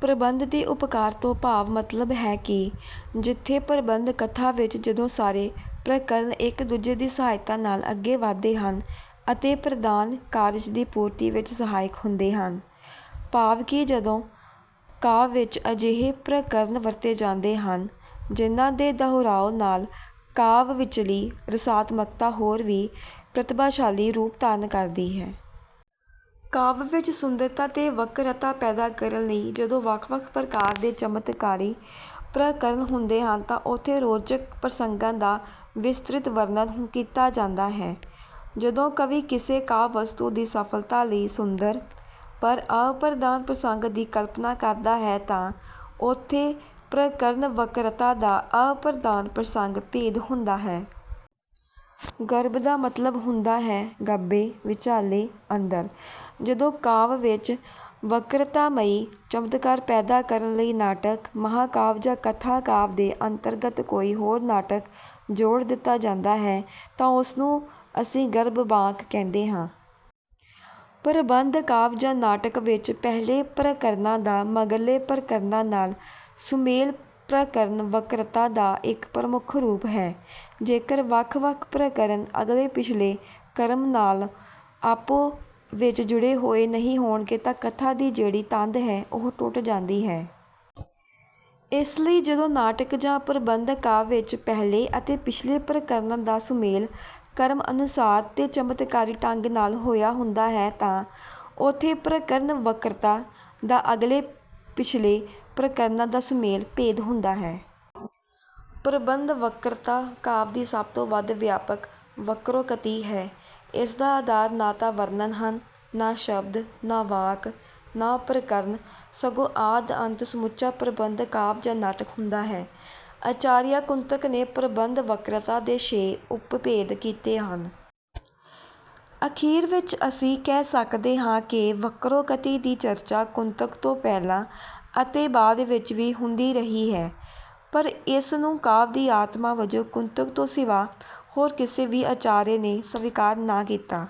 ਪ੍ਰਬੰਧ ਤੇ ਉਪਕਾਰ ਭਾਵ ਤੋਂ ਮਤਲਬ ਹੈ ਕਿ ਜਿੱਥੇ ਪ੍ਰਬੰਧ ਕਥਾ ਵਿੱਚ ਜਦੋਂ ਸਾਰੇ ਪ੍ਰਕਰਣ ਇੱਕ-ਦੂਜੇ ਦੀ ਸਹਾਇਤਾ ਨਾਲ ਅੱਗੇ ਵੱਧਦੇ ਹਨ ਅਤੇ ਪ੍ਰਧਾਨ ਕਾਰਜ ਦੀ ਪੂਰਤੀ ਵਿੱਚ ਸਹਾਇਕ ਹੁੰਦੇ ਹਨ। ਭਾਵ ਕਿ ਜਦੋਂ ਕਾਵਿ ਵਿੱਚ ਅਜਿਹੇ ਪ੍ਰਕਰਣ ਵਰਤੇ ਜਾਂਦੇ ਹਨ, ਜਿਹਨਾਂ ਦੇ ਦੁਹਰਾਉ ਨਾਲ ਕਾਵਿ ਵਿਚਲੀ ਰਸਾਤਮਕਤਾ ਹੋਰ ਵੀ ਪ੍ਰਤਿਭਾਸ਼ਾਲੀ ਰੂਪ ਧਾਰਨ ਕਰਦੀ ਹੈ। ਕਾਵਿ ਵਿੱਚ ਸੁੰਦਰਤਾ ਤੇ ਵਕ੍ਰਤਾ ਪੈਦਾ ਕਰਨ ਲਈ ਜਦੋਂ ਵੱਖ-ਵੱਖ ਪ੍ਰਕਾਰ ਦੇ ਚਮਤਕਾਰੀ ਪ੍ਰਕਰਣ ਹੁੰਦੇ ਹਨ ਤਾਂ ਉੱਥੇ ਰੌਚਕ ਪ੍ਰਸੰਗਾਂ ਦਾ ਵਿਸਤ੍ਰਿਤ ਵਰਣਨ ਕੀਤਾ ਹੁੰਦਾ ਹੈ। ਜਦੋਂ ਕਵੀ ਕਿਸੇ ਕਾਵਿ ਵਸਤੂ ਦੀ ਸਫਲਤਾ ਲਈ ਸੁੰਦਰ, ਪਰ ਅਪ੍ਰਧਾਨ ਪ੍ਰਸੰਗ ਦੀ ਕਲਪਨਾ ਕਰਦਾ ਹੈ ਤਾਂ ਉੱਥੇ ਪ੍ਰਕਰਣ ਵਕ੍ਰਤਾ ਦਾ ਅਪ੍ਰਧਾਨ ਪ੍ਰਸੰਗ ਭੇਦ ਹੁੰਦਾ ਹੈ। ਗਰਭ ਦਾ ਮਤਲਬ ਹੁੰਦਾ ਹੈ ਗੱਭੇ, ਵਿਚਾਲੇ, ਅੰਦਰ। ਜਦੋਂ ਕਾਵਿ ਵਿੱਚ ਵਕ੍ਰਤਾਮਈ ਚਮਤਕਾਰ ਪੈਦਾ ਕਰਨ ਲਈ ਨਾਟਕ, ਮਹਾਂਕਾਵਿ ਜਾਂ ਕਥਾ ਕਾਵਿ ਦੇ ਅੰਤਰਗਤ ਕੋਈ ਹੋਰ ਨਾਟਕ ਜੋੜ ਦਿੱਤਾ ਜਾਂਦਾ ਹੈ ਤਾਂ ਉਸ ਨੂੰ ਅਸੀਂ ਗਰਭਾਂਕ ਕਹਿੰਦੇ ਹਾਂ। ਪ੍ਰਬੰਧ ਕਾਵਿ ਜਾਂ ਨਾਟਕ ਵਿੱਚ ਪਹਿਲੇ ਪ੍ਰਕਰਣਾਂ ਦਾ ਮਗਰਲੇ ਪ੍ਰਕਰਣਾਂ ਨਾਲ ਸੁਮੇਲ ਪ੍ਰਕਰਣ ਵਕ੍ਰਤਾ ਦਾ ਇੱਕ ਪ੍ਰਮੁੱਖ ਰੂਪ ਹੈ। ਜੇਕਰ ਵੱਖ-ਵੱਖ ਪ੍ਰਕਰਣ ਅਗਲੇ-ਪਿਛਲੇ ਕ੍ਰਮ ਨਾਲ ਆਪੋ ਵਿੱਚ ਜੁੜੇ ਹੋਏ ਨਹੀਂ ਹੋਣਗੇ ਤਾਂ ਕਥਾ ਦੀ ਜਿਹੜੀ ਤੰਦ ਹੈ ਉਹ ਟੁੱਟ ਜਾਂਦੀ ਹੈ। ਇਸ ਲਈ ਜਦੋਂ ਨਾਟਕ ਜਾਂ ਪ੍ਰਬੰਧ ਕਾਵਿ ਵਿੱਚ ਪਹਿਲੇ ਅਤੇ ਪਿਛਲੇ ਪ੍ਰਕਰਣਾਂ ਦਾ ਸੁਮੇਲ ਕ੍ਰਮ ਅਨੁਸਾਰ ਤੇ ਚਮਤਕਾਰੀ ਢੰਗ ਨਾਲ ਹੋਇਆ ਹੁੰਦਾ ਹੈ ਤਾਂ ਉੱਥੇ 'ਪ੍ਰਕਰਣ ਵਕ੍ਰਤਾ' ਦਾ ਅਗਲੇ-ਪਿਛਲੇ ਪ੍ਰਕਰਣਾਂ ਦਾ ਸੁਮੇਲ ਭੇਦ ਹੁੰਦਾ ਹੈ। ਪ੍ਰਬੰਧ ਵਕ੍ਰਤਾ ਕਾਵਿ ਦੀ ਸਭ ਤੋਂ ਵੱਧ ਵਿਆਪਕ ਵਕ੍ਰੋਕਤੀ ਹੈ। ਇਸਦਾ ਆਧਾਰ ਨਾ ਤਾਂ ਵਰਣ ਹਨ, ਨਾ ਸ਼ਬਦ, ਨਾ ਵਾਕ, ਨਾ ਪ੍ਰਕਰਣ, ਸਗੋਂ ਆਦਿ-ਅੰਤ ਸਮੁੱਚਾ ਪ੍ਰਬੰਧ ਕਾਵਿ ਜਾਂ ਨਾਟਕ ਹੁੰਦਾ ਹੈ। ਆਚਾਰੀਆ ਕੁੰਤਕ ਨੇ ਪ੍ਰਬੰਧ-ਵਕ੍ਰਤਾ ਦੇ ਛੇ ਉਪਭੇਦ ਕੀਤੇ ਹਨ। ਅਖੀਰ ਵਿੱਚ ਅਸੀਂ ਕਹਿ ਸਕਦੇ ਹਾਂ ਕਿ ਵਕ੍ਰੋਕਤੀ ਦੀ ਚਰਚਾ ਕੁੰਤਕ ਤੋਂ ਪਹਿਲਾਂ ਅਤੇ ਬਾਅਦ ਵਿੱਚ ਵੀ ਹੁੰਦੀ ਰਹੀ ਹੈ, ਪਰ ਇਸ ਨੂੰ ਕਾਵਿ ਦੀ ਆਤਮਾ ਵਜੋਂ ਕੁੰਤਕ ਤੋਂ ਸਿਵਾ ਹੋਰ ਕਿਸੇ ਵੀ ਆਚਾਰਯ ਨੇ ਸਵੀਕਾਰ ਨਾ ਕੀਤਾ।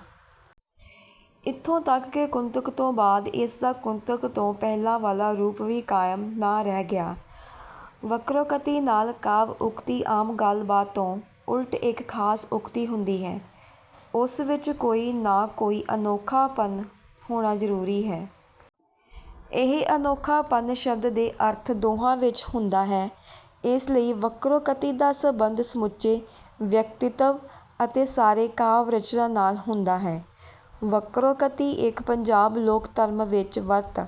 ਇੱਥੋਂ ਤੱਕ ਕਿ ਕੁੰਤਕ ਤੋਂ ਬਾਅਦ ਇਸ ਦਾ ਕੁੰਤਕ ਤੋਂ ਪਹਿਲਾਂ ਵਾਲਾ ਰੂਪ ਵੀ ਕਾਇਮ ਨਾ ਰਹਿ ਗਿਆ। ਵਕ੍ਰੋਕਤੀ ਨਾਲ ਕਾਵਿ ਉਕਤੀ ਆਮ ਗੱਲ-ਬਾਤ ਤੋਂ ਉਲਟ ਇੱਕ ਖਾਸ ਉਕਤੀ ਹੁੰਦੀ ਹੈ। ਉਸ ਵਿੱਚ ਕੋਈ ਨਾ ਕੋਈ ਅਨੋਖਾਪਨ ਹੋਣਾ ਜਰੂਰੀ ਹੈ। ਇਹ ਅਨੋਖਾਪਨ ਸ਼ਬਦ ਤੇ ਅਰਥ ਦੋਹਾਂ ਵਿੱਚ ਹੁੰਦਾ ਹੈ। ਇਸ ਲਈ ਵਕ੍ਰੋਕਤੀ ਦਾ ਸੰਬੰਧ ਸਮੁੱਚੇ ਵਿਅਕਤਿਤਵ ਅਤੇ ਸਾਰੇ ਕਾਵਿ ਰਚਨਾ ਨਾਲ ਹੁੰਦਾ ਹੈ। ਵਕ੍ਰੋਕਤੀ ਇੱਕ ਪੰਜਾਬੀ ਲੋਕ ਧਰਮ ਵਿੱਚ ਵਰਤ।